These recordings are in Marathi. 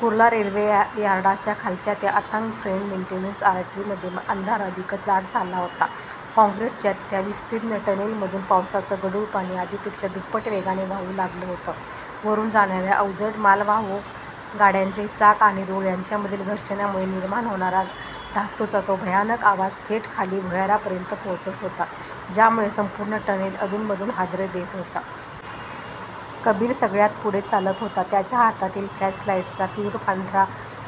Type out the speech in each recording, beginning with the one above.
कुर्ला रेल्वे यार्डाच्या खालच्या त्या अथांग 'फ्रेट मेंटेनन्स आर्टरी' मध्ये अंधार अधिकच दाट झाला होता. काँक्रीटच्या त्या विस्तीर्ण टनेलधून पावसाचं गढूळ पाणी आधीपेक्षा दुप्पट वेगाने वाहू लागलं होतं. वरून जाणाऱ्या अवजड मालवाहू गाड्यांचे चाक आणि रूळ यांच्यातील घर्षणामुळे निर्माण होणारा धातूचा तो भयानक आवाज थेट खाली भुयारापर्यंत पोहोचत होता, ज्यामुळे संपूर्ण टनेल अधूनमधून हादरे देत होता. कबीर सगळ्यात पुढे चालत होता. त्याच्या हातातील फ्लॅशलाईटचा तीव्र पांढरा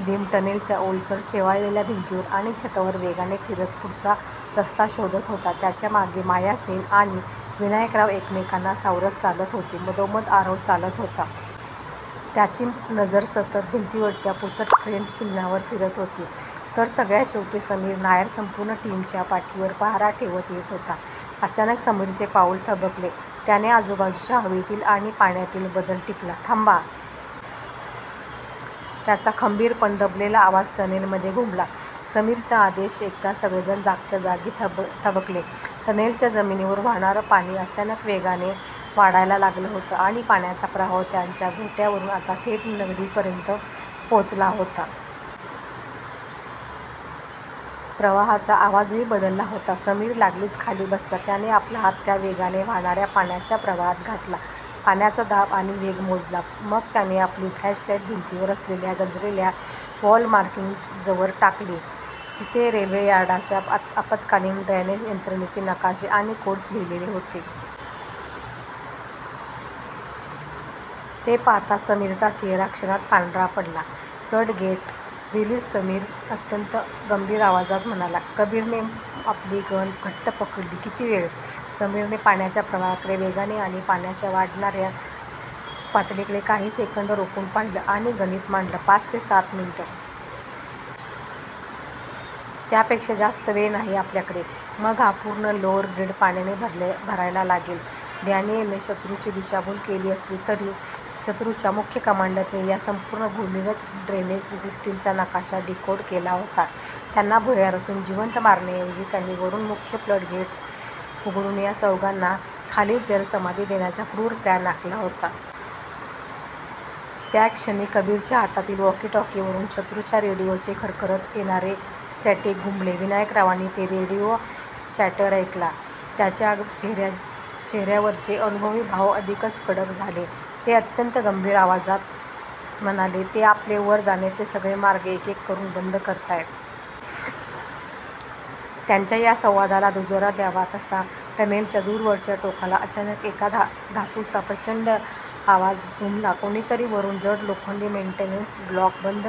बीम टनेलच्या ओलसर, शेवाळलेल्या भिंतींवर आणि छतावर वेगाने फिरत पुढचा रस्ता शोधत होता. त्याच्या मागे माया सेन आणि विनायकराव एकमेकांना सावरत चालत होते, मधोमध आरव चालत होता. त्याची नजर सतत भिंतींवरच्या पुसट फ्रेट चिन्हांवर फिरत होती, तर सगळ्यात शेवटी समीर नायर संपूर्ण टीमच्या पाठीवर पहारा ठेवत येत होता. अचानक समीरचे पाऊल थबकले. त्याने आजूबाजूच्या हवेतील आणि पाण्यातील बदल टिपला. "थांबा." त्याचा खंबीर पण दबलेला आवाज टनेलमध्ये घुमला. समीरचा आदेश ऐकताच सगळे जागच्या जागी थबकले. टनेलच्या जमिनीवरून वाहणारं पाणी अचानक वेगाने वाढायला लागलं होतं आणि पाण्याचा प्रवाह त्यांच्या घोट्यावरून आता थेट नडगीपर्यंत पोहोचला होता. प्रवाहाचा आवाजही बदलला होता. समीर लागलीच खाली बसला. त्याने आपला हात त्या वेगाने वाहणाऱ्या पाण्याच्या प्रवाहात घातला, पाण्याचा दाब आणि वेग मोजला. मग त्याने आपली फ्लॅशलाईट भिंतीवर असलेल्या गंजलेल्या व्हाल्व्ह मार्किंग्जवर टाकली. तिथे रेल्वे यार्डाच्या आपत्कालीन ड्रेनेज यंत्रणेचे नकाशे आणि कोड्स लिहिलेले होते. ते पाहताच समीरचा चेहरा क्षणात पांढरा पडला. "फ्लडगेट रिलीज" समीर अत्यंत गंभीर आवाजात म्हणाला. कबीरने आपली गन घट्ट पकडली, "किती वेळ? " समीरने पाण्याच्या प्रवाहाच्या वेगाकडे आणि पाण्याच्या वाढणाऱ्या पातळीकडे काही सेकंद रोखून पाहिलं आणि गणित मांडलं, "पाच ते सात मिनिटं. त्यापेक्षा जास्त वेळ नाही आपल्याकडे. " मग हा पूर्ण लोअर ग्रीड पाण्याने भरायला लागेल. डॅनियलने शत्रूची दिशाभूल केली असली, तरी शत्रूच्या मुख्य कमांडरने या संपूर्ण भूमिगत ड्रेनेज सिस्टीमचा नकाशा डिकोड केला होता. त्यांना भुयारातून जिवंत मारण्याऐवजी, त्यांनी वरून मुख्य फ्लडगेट्स उघडून या चौघांना खालीच जलसमाधी देण्याचा क्रूर प्लॅन आखला होता. त्याच क्षणी, कबीरच्या हातातील वॉकी-टॉकीवरून शत्रूच्या रेडिओचे खरखरत येणारे स्टॅटिक घुमले: विनायकरावांनी तो रेडिओ चॅटर ऐकला. त्यांच्या चेहऱ्यावरचे अनुभवी भाव अधिकच कडक झाले. ते अत्यंत गंभीर आवाजात म्हणाले, "ते आपले वर जाण्याचे सगळे मार्ग एक-एक करून बंद करतायत. " त्यांच्या या संवादाला दुजोरा द्यावा तसा, टनेलच्या दूरवरच्या टोकाला अचानक एक धातूचा प्रचंड आवाज घुमला. कोणीतरी वरून जड लोखंडी मेंटेनन्स लॉक बंद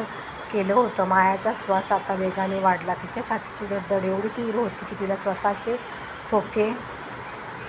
केलं होतं. मायाचा श्वास आता वेगाने वाढला होता. तिच्या छातीची धडधड एवढी तीव्र होती की तिला स्वतःचेच ठोके